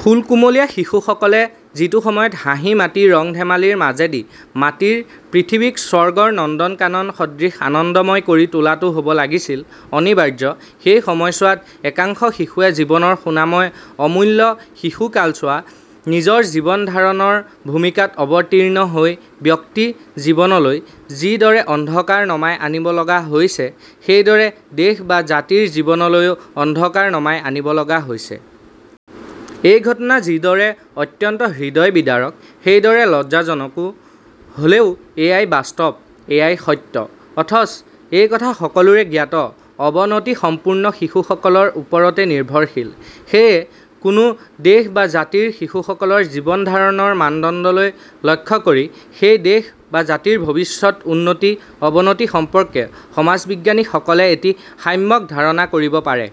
ফুল কুমলীয়া শিশুসকলে যিটো সময়ত হাঁহি-মাতি, ৰং-ধেমালিৰ মাজেদি মাটিৰ পৃথিৱীক স্বৰ্গৰ নন্দন কানন সদৃশ আনন্দময় কৰি তোলাটো হ'ব লাগিছিল অনিবাৰ্য, সেই সময়ছোৱাতে একাংশ শিশুৱে জীৱনৰ সোণাময় অমূল্য শিশুকালছোৱা নিজৰ জীৱন ধাৰণৰ ভূমিকাত অৱতীৰ্ণ হৈ ব্যক্তি জীৱনলৈ যি দৰে অন্ধকাৰ নমাই আনিবলগা হৈছে সেইদৰে দেশ বা জাতিৰ জীৱনলৈও অন্ধকাৰ নমাই আনিবলগা হৈছে। এই ঘটনা যি দৰে অত্যন্ত হৃদয় বিদাৰক, সেইদৰে লজ্জাজনকো, হ'লেও এয়াই বাস্তৱ, এয়াই সত্য। অথচ এই কথা সকলোৰে জ্ঞাত, অৱনতি সম্পূৰ্ণ শিশুসকলৰ ওপৰতে নিৰ্ভৰশীল। সেয়ে কোনো দেশ বা জাতিৰ শিশুসকলৰ জীৱন-ধাৰণৰ মানদণ্ডলৈ লক্ষ্য কৰি সেই দেশ বা জাতিৰ ভৱিষ্যৎ উন্নতি, অৱনতি সম্পৰ্কে সমাজ-বিজ্ঞানীসকলে এটি সম্যক ধাৰণা কৰিব পাৰে।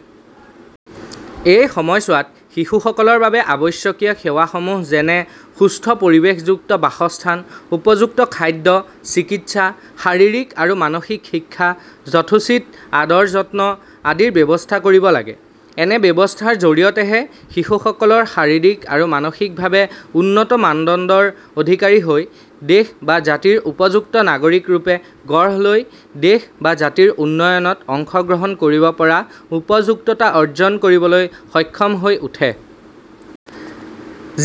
এই সময়ছোৱাতে শিশুসকলৰ বাবে আৱশ্যকীয় সেৱাসমূহ যেনে- সুস্থ পৰিৱেশযুক্ত বাসস্থান, উপযুক্ত খাদ্য, চিকিৎসা, শাৰীৰিক আৰু মানসিক শিক্ষা, যথোচিত আদৰ-যত্ন আদিৰ ব্যৱস্থা কৰিব লাগে। এনে ব্যৱস্থাৰ জৰিয়তেহে শিশুসকলৰ শাৰীৰিক আৰু মানসিকভাৱে উন্নত মানদণ্ডৰ অধিকাৰী হৈ দেশ বা জাতিৰ উপযুক্ত নাগৰিক ৰূপে গঢ় লৈ দেশ বা জাতিৰ উন্নয়নত অংশ গ্ৰহণ কৰিব পৰা উপযুক্ততা অৰ্জন কৰিবলৈ সক্ষম হৈ উঠে।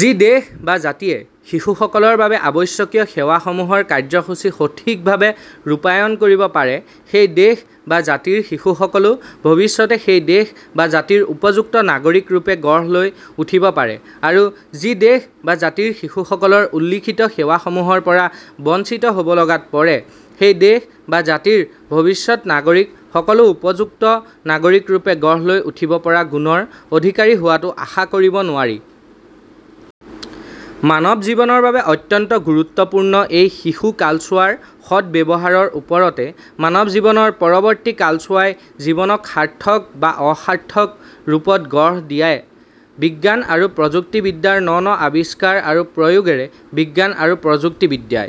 যি দেশ বা জাতিয়ে শিশুসকলৰ বাবে আৱশ্যকীয় সেৱাসমূহৰ কাৰ্য্যসূচী সঠিকভাৱে ৰূপায়ণ কৰিব পাৰে সেই দেশ বা জাতিৰ শিশুসকলো ভৱিষ্যতে সেই দেশ বা জাতিৰ উপযুক্ত নাগৰিক ৰূপে গঢ় লৈ উঠিব পাৰে আৰু যি দেশ বা জাতিৰ শিশুসকল উল্লিখিত সেৱাসমূহৰপৰা বঞ্চিত হ'ব লগাত পৰে সেই দেশ বা জাতিৰ ভৱিষ্যৎ নাগৰিক সকলো উপযুক্ত নাগৰিক ৰূপে গঢ় লৈ উঠিব পৰা গুণৰ অধিকাৰী হোৱাটো আশা কৰিব নোৱাৰি। মানৱ জীৱনৰ বাবে অত্যধিক গুৰুত্বপূৰ্ণ এই শিশু কালছোৱাৰ সৎ ব্যৱহাৰৰ ওপৰতে মানৱ জীৱনৰ পৰৱৰ্তী কালছোৱাই জীৱনক সাৰ্থক বা অসাৰ্থক ৰূপত গঢ় দিয়ে। বিজ্ঞান আৰু প্ৰযুক্তি বিদ্যাৰ ন-ন আৱিষ্কাৰ আৰু প্ৰয়োগেৰে বিজ্ঞান আৰু প্ৰযুক্তিবিদ্যাই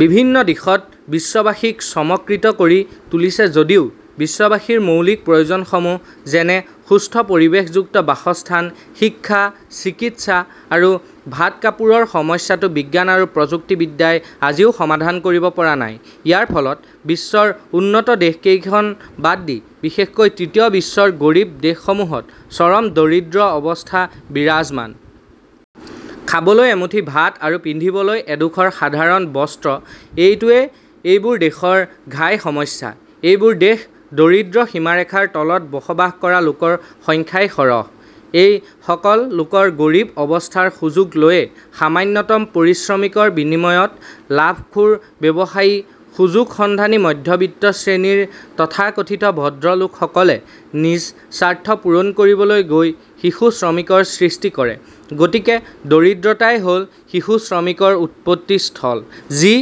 বিভিন্ন দিশত বিশ্ববাসীক চমকৃত কৰি তুলিছে যদিও বিশ্ববাসীৰ মৌলিক প্ৰয়োজনসমূহ, যেনে- সুস্থ পৰিৱেশযুক্ত বাসস্থান, শিক্ষা, চিকিৎসা আৰু ভাত-কাপোৰৰ সমস্যাটো বিজ্ঞান আৰু প্ৰযুক্তিবিদ্যাই আজিও সমাধান কৰিব পৰা নাই৷ ইয়াৰ ফলত বিশ্বৰ উন্নত দেশকেইখন বাদ দি বিশেষকৈ তৃতীয় বিশ্বৰ গৰীব দেশসমূহত চৰম দৰিদ্ৰ অৱস্থা বিৰাজমান। খাবলৈ এমুঠি ভাত আৰু পিন্ধিবলৈ এডোখৰ সাধাৰণ বস্ত্ৰ এইটোৱে এইবোৰ দেশৰ ঘাই সমস্যা। এইবোৰ দেশ দৰিদ্ৰ সীমাৰেখাৰ তলত বসবাস কৰা লোকৰ সংখ্যাই সৰহ। এই সকল লোকৰ গৰীব অৱস্থাৰ সুযোগ লৈয়ে সামান্যতম পাৰিশ্ৰমিকৰ বিনিময়ত লাভখোৰ ব্যৱসায়ী, সুযোগ-সন্ধানী মধ্যবিত্ত শ্ৰেণীৰ তথাকথিত ভদ্ৰলোকসকলে নিজ স্বাৰ্থ পূৰণ কৰিবলৈ গৈ শিশু শ্ৰমিকৰ সৃষ্টি কৰে। গতিকে দৰিদ্ৰতাই হ'ল শিশু শ্ৰমিকৰ উৎপত্তি স্থল। যি